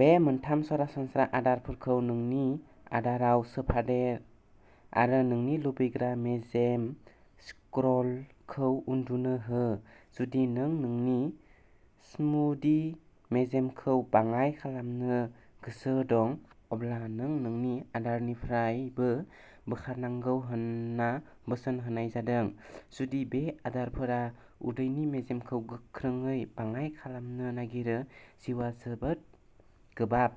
बे मोनथाम सरासनस्रा आदारफोरखौ नोंनि आदाराव सोफादेर आरो नोंनि लुबैग्रा मेजेम स्क्र'लखौ उन्दुनो हो। जुदि नों नोंनि स्मुदि मेजेमखौ बाङाय खालामनो गोसो दं, अब्ला नों नोंनि आदारनिफ्रायबो बोखारनांगौ होनना बोसोन होनाय जादों। जुदि बे आदारफोरा उदैनि मेजेमखौ गोख्रैयै बाङाय खालामनो नागिरो जिउआ जोबोद गोबाब।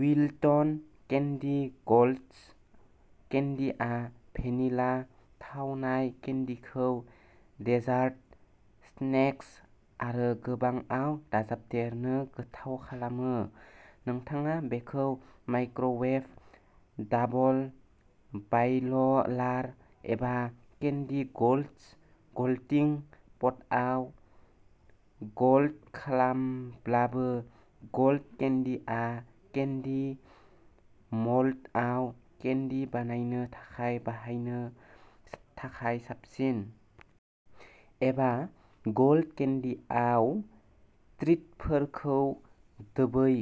विल्टन केन्डि गल्ट्स केन्डिआ भेनिला थावनाय केन्डिखौ डेजार्ट, स्नेक्स आरो गोबांआव दाजाबदेरनो गोथाव खालामो। नोंथाङा बेखौ माइक्र'वेभ, डाबल बायलार एबा केन्डि गल्ट्स गल्टिं पटआव गल्ट खालामब्लाबो, गल्ट केन्डिआ केन्डि मोल्डआव केन्डि बानायनो थाखाय बाहायनो थाखाय साबसिन। एबा, गल्ट केन्डिआव ट्रिटफोरखौ दोबै,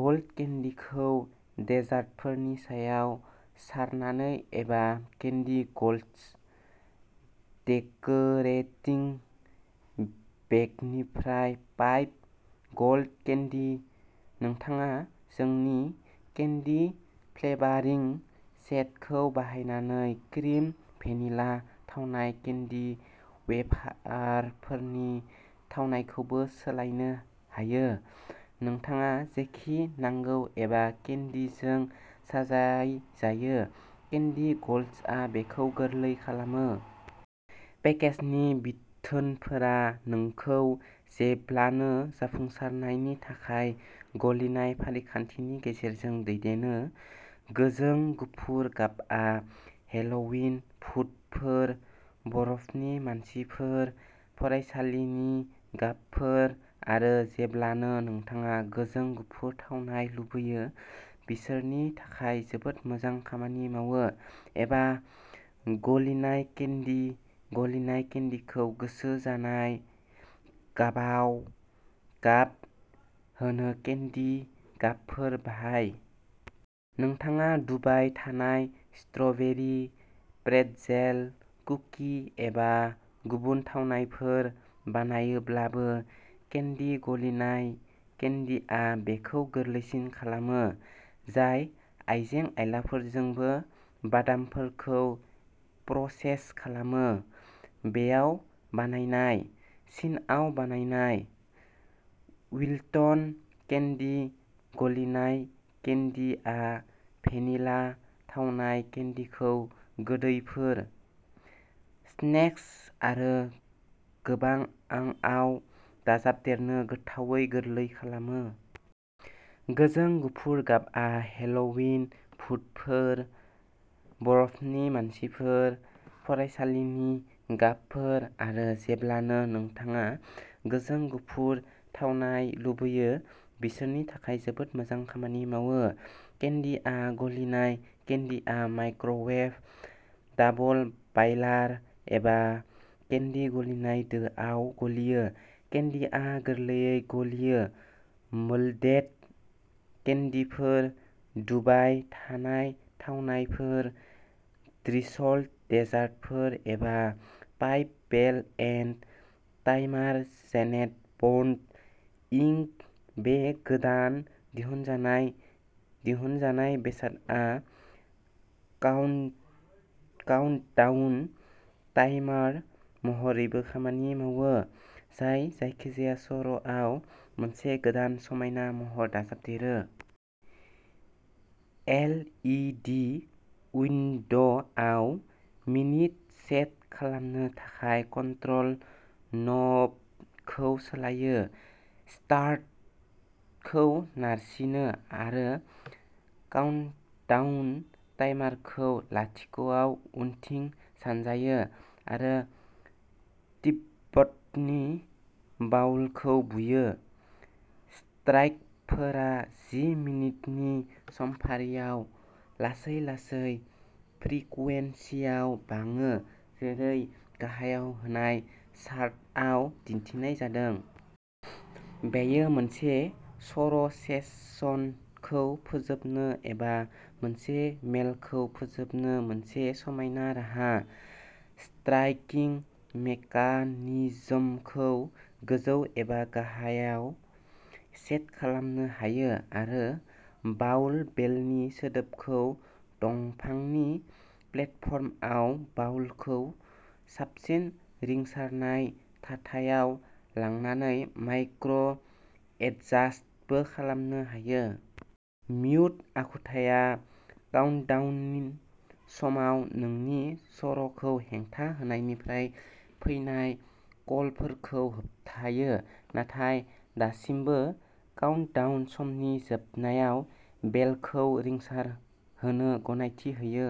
गल्ट केन्डिखौ डेजार्टफोरनि सायाव सारनानै एबा केन्डि गल्ट्स डेकोरेटिंग बेगनिफ्राय पाइप गल्ट केन्डि। नोंथाङा जोंनि केन्डि फ्लेभारिं सेटखौ बाहायनानै क्रिम भेनिला थावनाय केन्डि वेफारफोरनि थावनायखौबो सोलायनो हायो। नोंथाङा जेखि नांगौ एबा केन्डिजों साजायजायो, केन्डि गल्ट्सआ बेखौ गोरलै खालामो। पेकेजनि बिथोनफोरा नोंखौ जेब्लानो जाफुंसारनायनि थाखाय गलिनाय फारिखान्थिनि गेजेरजों दैदेनो। गोजों गुफुर गाबआ हेल'विन भुतफोर, बरफनि मानसिफोर, फरायसालिनि गाबफोर आरो जेब्लानो नोंथाङा गोजों गुफुर थावनाय लुबैयो, बिसोरनि थाखाय जोबोद मोजां खामानि मावो। एबा, गलिनाय केन्डि गलिनाय केन्डिखौ गोसो जानाय गाबाव गाब होनो केन्डि गाबफोर बाहाय। नोंथाङा डुबाय थानाय स्ट्र'बेरि, प्रेटजेल, कुकि एबा गुबुन थावनायफोर बानायोब्लाबो, केन्डि गलिनाय केन्डिआ बेखौ गोरलैसिन खालामो। जाय आइजें-आइलाफोरजोंबो बादामफोरखौ प्रसेस खालामो, बेयाव बानायनाय। चीनआव बानायनाय। विल्टन केन्डि गलिनाय केन्डिआ भेनिला-थावनाय केन्डिखौ गोदैफोर, स्नेक्स आरो गोबांआआव दाजाबदेरनो गोथावै गोरलै खालामो। गोजों गुफुर गाबआ हेल'विन भुतफोर, बरफनि मानसिफोर, फरायसालिनि गाबफोर आरो जेब्लानो नोंथाङा गोजों गुफुर थावनाय लुबैयो, बिसोरनि थाखाय जोबोद मोजां खामानि मावो। केन्डिआ गलिनाय केन्डिआ माइक्र'वेभ, डाबल-बायलार एबा केन्डि गलिनाय दोआव गलियो। केन्डिआ गोरलैयै गलियो मोल्डेड केन्डिफोर, डुबाय थानाय थावनायफोर, ड्रिसल्ड देजार्टफोर एबा पाइप बेल एन्ड टाइमार-जेनेट बन्ड, इंक बे गोदान दिहुनजानाय दिहुनजानाय बेसादआ काउन्ट काउन्टडाउन टाइमार महरैबो खामानि मावो, जाय जायखिजाया सर'आव मोनसे गोदान समायना महर दाजाबदेरो। एल इ डि उइन्ड'आव मिनित सेट खालामनो थाखाय कन्ट्रल न'बखौ सोलायो, स्टार्टखौ नारसिनो आरो काउन्टडाउन टाइमारखौ लाथिख'आव उनथिं सानजायो आरो तिब्बतनि बाउलखौ बुयो। स्ट्राइकफोरा जि मिनिटनि समफारियाव लासै-लासै फ्रिकुवेन्सियाव बाङो जेरै गाहायाव होनाय चार्टआव दिन्थिनाय जादों। बेयो मोनसे सर'सेसनखौ फोजोबनो एबा मोनसे मेलखौ फोजोबनो मोनसे समायना राहा। स्ट्राइकिं मेकानिजमखौ गोजौ एबा गाहायआव सेट खालामनो हायो आरो बाउल बेलनि सोदोबखौ दंफांनि प्लेटफर्मआव बाउलखौ साबसिन रिंसारनाय थाथायाव लांनानै माइक्र'- एडजास्टबो खालामनो हायो। म्युट आखुथाया काउन्टडाउन समाव नोंनि सर'खौ हेंथा होनायनिफ्राय फैनाय कलफोरखौ होबथायो नाथाय दासिमबो काउन्टडाउन समनि जोबनायाव बेलखौ रिंसारहोनो गनायथि होयो।